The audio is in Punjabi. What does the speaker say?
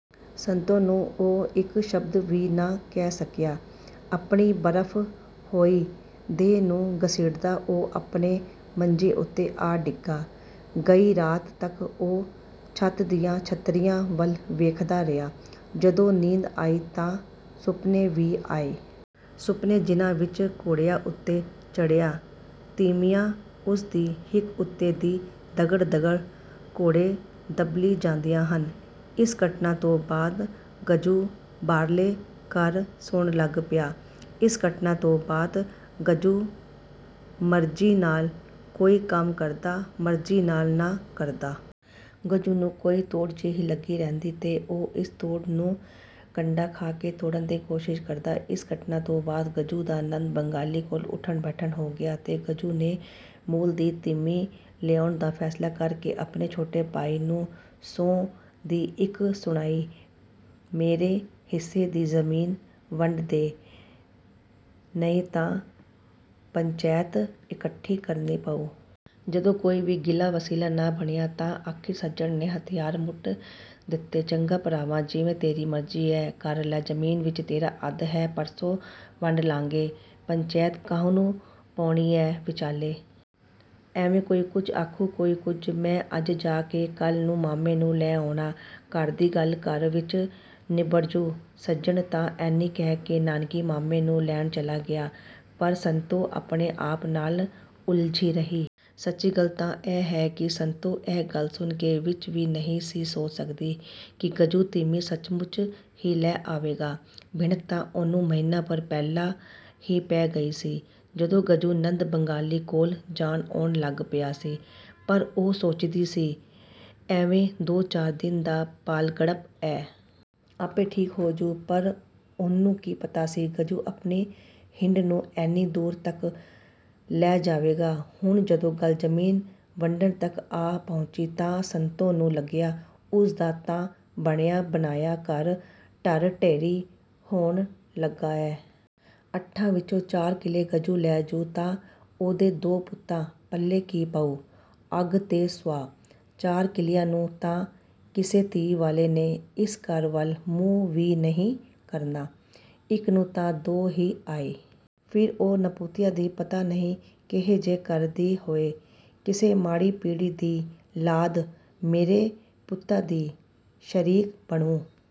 ਸੰਤੋ ਨੂੰ ਉਹ ਇੱਕ ਸ਼ਬਦ ਵੀ ਨਾ ਕਹਿ ਸਕਿਆ। ਆਪਣੀ ਬਰਫ਼ ਹੋਈ ਦੇਹ ਨੂੰ ਘਸੀਟਦਾ ਉਹ ਆਪਣੇ ਮੰਜੇ ਉੱਤੇ ਆ ਡਿੱਗਾ। ਗਈ ਰਾਤ ਤੱਕ ਉਹ ਛੱਤ ਦੀਆਂ ਛਤੀਰੀਆਂ ਵੱਲ ਵੇਖਦਾ ਰਿਹਾ। ਜਦੋਂ ਨੀਂਦ ਆਈ ਤਾਂ ਸੁਪਨੇ ਵੀ ਆਏ। ਸੁਪਨੇ, ਜਿਨ੍ਹਾਂ ਵਿੱਚ ਘੋੜਿਆਂ ਉੱਤੇ ਚੜ੍ਹੀਆਂ ਤੀਮੀਆਂ, ਉਸ ਦੀ ਹਿੱਕ ਉੱਤੋਂ ਦੀ ਦਗੜ-ਦਗੜ ਘੋੜੇ ਦਬੱਲੀ ਜਾਂਦੀਆਂ ਹਨ। ਇਸ ਘਟਨਾ ਤੋਂ ਬਾਅਦ ਗੱਜੂ ਬਾਹਰਲੇ ਘਰ ਸੌਣ ਲੱਗ ਪਿਆ। ਇਸ ਘਟਨਾ ਤੋਂ ਬਾਅਦ ਗੱਜੂ ਮਰਜ਼ੀ ਨਾਲ ਕੋਈ ਕੰਮ ਕਰਦਾ, ਮਰਜ਼ੀ ਨਾਲ ਨਾ ਕਰਦਾ। ਗੱਜੂ ਨੂੰ ਕੋਈ ਤੋੜ ਜਿਹੀ ਲੱਗੀ ਰਹਿੰਦੀ ਤੇ ਉਹ ਇਸ ਤੋੜ ਨੂੰ ਕੰਡਾ ਖਾ ਕੇ ਤੋੜਨ ਦੀ ਕੋਸ਼ਿਸ਼ ਕਰਦਾ। ਇਸ ਘਟਨਾ ਤੋਂ ਬਾਅਦ ਗੱਜੂ ਦਾ ਨੰਦ ਬੰਗਾਲੀ ਕੋਲ ਉੱਠਣ-ਬੈਠਣ ਹੋ ਗਿਆ ਤੇ ਗੱਜੂ ਨੇ ਮੁੱਲ ਦੀ ਤੀਮੀਂ ਲਿਆਉਣ ਦਾ ਫ਼ੈਸਲਾ ਕਰ ਕੇ ਆਪਣੇ ਛੋਟੇ ਭਾਈ ਨੂੰ ਸੌ ਦੀ ਇੱਕ ਸੁਣਾਈ, “ਮੇਰੇ ਹਿੱਸੇ ਦੀ ਜ਼ਮੀਨ ਵੰਡ ਦੇਹ, ਨਹੀਂ ਤਾਂ ਪੰਚੈਤ ਇਕੱਠੀ ਕਰਨੀ ਪਊ।” ਜਦੋਂ ਕੋਈ ਵੀ ਹੀਲਾ-ਵਸੀਲਾ ਨਾ ਬਣਿਆ ਤਾਂ ਅਖ਼ੀਰ ਸੱਜਣ ਨੇ ਹਥਿਆਰ ਸੁੱਟ ਦਿੱਤੇ। “ਚੰਗਾ ਭਰਾਵਾ, ਜਿਵੇਂ ਤੇਰੀ ਮਰਜ਼ੀ ਐ, ਕਰ ਲੈ। ਜ਼ਮੀਨ ਵਿੱਚ ਤੇਰਾ ਅੱਧ ਐ। ਪਰਸੋਂ ਵੰਡ ਲਾਂਗੇ। ਪੰਚੈਤ ਕਾਹਨੂੰ ਪਾਉਣੀ ਐ ਵਿਚਾਲੇ। ਐਵੇਂ ਕੋਈ ਕੁਝ ਆਖੂ, ਕੋਈ ਕੁਝ। ਮੈਂ ਅੱਜ ਜਾ ਕੇ ਕੱਲ੍ਹ ਨੂੰ ਮਾਮੇ ਨੂੰ ਲੈ ਆਉਣਾ। ਘਰ ਦੀ ਗੱਲ ਘਰ ਵਿੱਚ ਨਿਬੜ ਜੂ।” ਸੱਜਣ ਤਾਂ ਐਨੀ ਕਹਿ ਕੇ ਨਾਨਕੀਂ ਮਾਮੇ ਨੂੰ ਲੈਣ ਚਲਿਆ ਗਿਆ, ਪਰ ਸੰਤੋ ਆਪਣੇ ਆਪ ਨਾਲ ਉਲਝੀ ਰਹੀ। ਸੱਚੀ ਗੱਲ ਤਾਂ ਇਹ ਹੈ ਕਿ ਸੰਤੋ ਇਹ ਗੱਲ ਸੁਪਨੇ ਵਿੱਚ ਵੀ ਨਹੀਂ ਸੀ ਸੋਚ ਸਕਦੀ ਕਿ ਗੱਜੂ ਤੀਮੀਂ ਸੱਚਮੁੱਚ ਹੀ ਲੈ ਆਵੇਗਾ। ਭਿਣਕ ਤਾਂ ਉਹਨੂੰ ਮਹੀਨਾ ਭਰ ਪਹਿਲਾਂ ਹੀ ਪੈ ਗਈ ਸੀ, ਜਦੋਂ ਗੱਜੂ ਨੰਦ ਬੰਗਾਲੀ ਕੋਲ ਜਾਣ-ਆਉਣ ਲੱਗ ਪਿਆ ਸੀ, ਪਰ ਉਹ ਸੋਚਦੀ ਸੀ, “ਐਵੇਂ ਦੋ-ਚਾਰ ਦਿਨ ਦਾ ਪਾਲਗਪਣ ਐ। ਆਪੇ ਠੀਕ ਹੋ ਜੂ।” ਪਰ ਉਹਨੂੰ ਕੀ ਪਤਾ ਸੀ, ਗੱਜੂ ਆਪਣੀ ਹਿੰਡ ਨੂੰ ਐਨੀ ਦੂਰ ਤੱਕ ਲੈ ਜਾਵੇਗਾ। ਹੁਣ ਜਦੋਂ ਗੱਲ ਜ਼ਮੀਨ ਵੰਡਣ ਤੱਕ ਆ ਪਹੁੰਚੀ ਤਾਂ ਸੰਤੋ ਨੂੰ ਲੱਗਿਆ, ਉਸ ਦਾ ਤਾਂ ਬਣਿਆ-ਬਣਾਇਆ ਘਰ ਢਹਿ-ਢੇਰੀ ਹੋਣ ਲੱਗਾ ਐ। ਅੱਠਾਂ ਵਿੱਚੋਂ ਚਾਰ ਕਿਲੇ ਗੱਜੂ ਲੈ ਜੂ ਤਾਂ ਉਹਦੇ ਦੋ ਪੁੱਤਾਂ ਪੱਲੇ ਕੀ ਪਊ? ਅੱਗ ਤੇ ਸੁਆਹ? ਚਾਰ ਕਿੱਲਿਆਂ ਨੂੰ ਤਾਂ ਕਿਸੇ ਧੀ ਵਾਲੇ ਨੇ ਇਸ ਘਰ ਵੱਲ ਮੂੰਹ ਵੀ ਨਹੀਂ ਕਰਨਾ। ਇੱਕ ਨੂੰ ਤਾਂ ਦੋ ਹੀ ਆਏ। ਫਿਰ ਉਹ ਨਪੁੱਤਿਆਂ ਦੀ ਪਤਾ ਨਹੀਂ ਕੇਹੇ ਜੇ ਘਰ ਦੀ ਹੋਊ। ਕਿਸੇ ਮਾੜੀ-ਧੀੜੀ ਦੀ ਲਾਦ ਮੇਰੇ ਪੁੱਤਾਂ ਦੀ ਸ਼ਰੀਕ ਬਣੂੰ।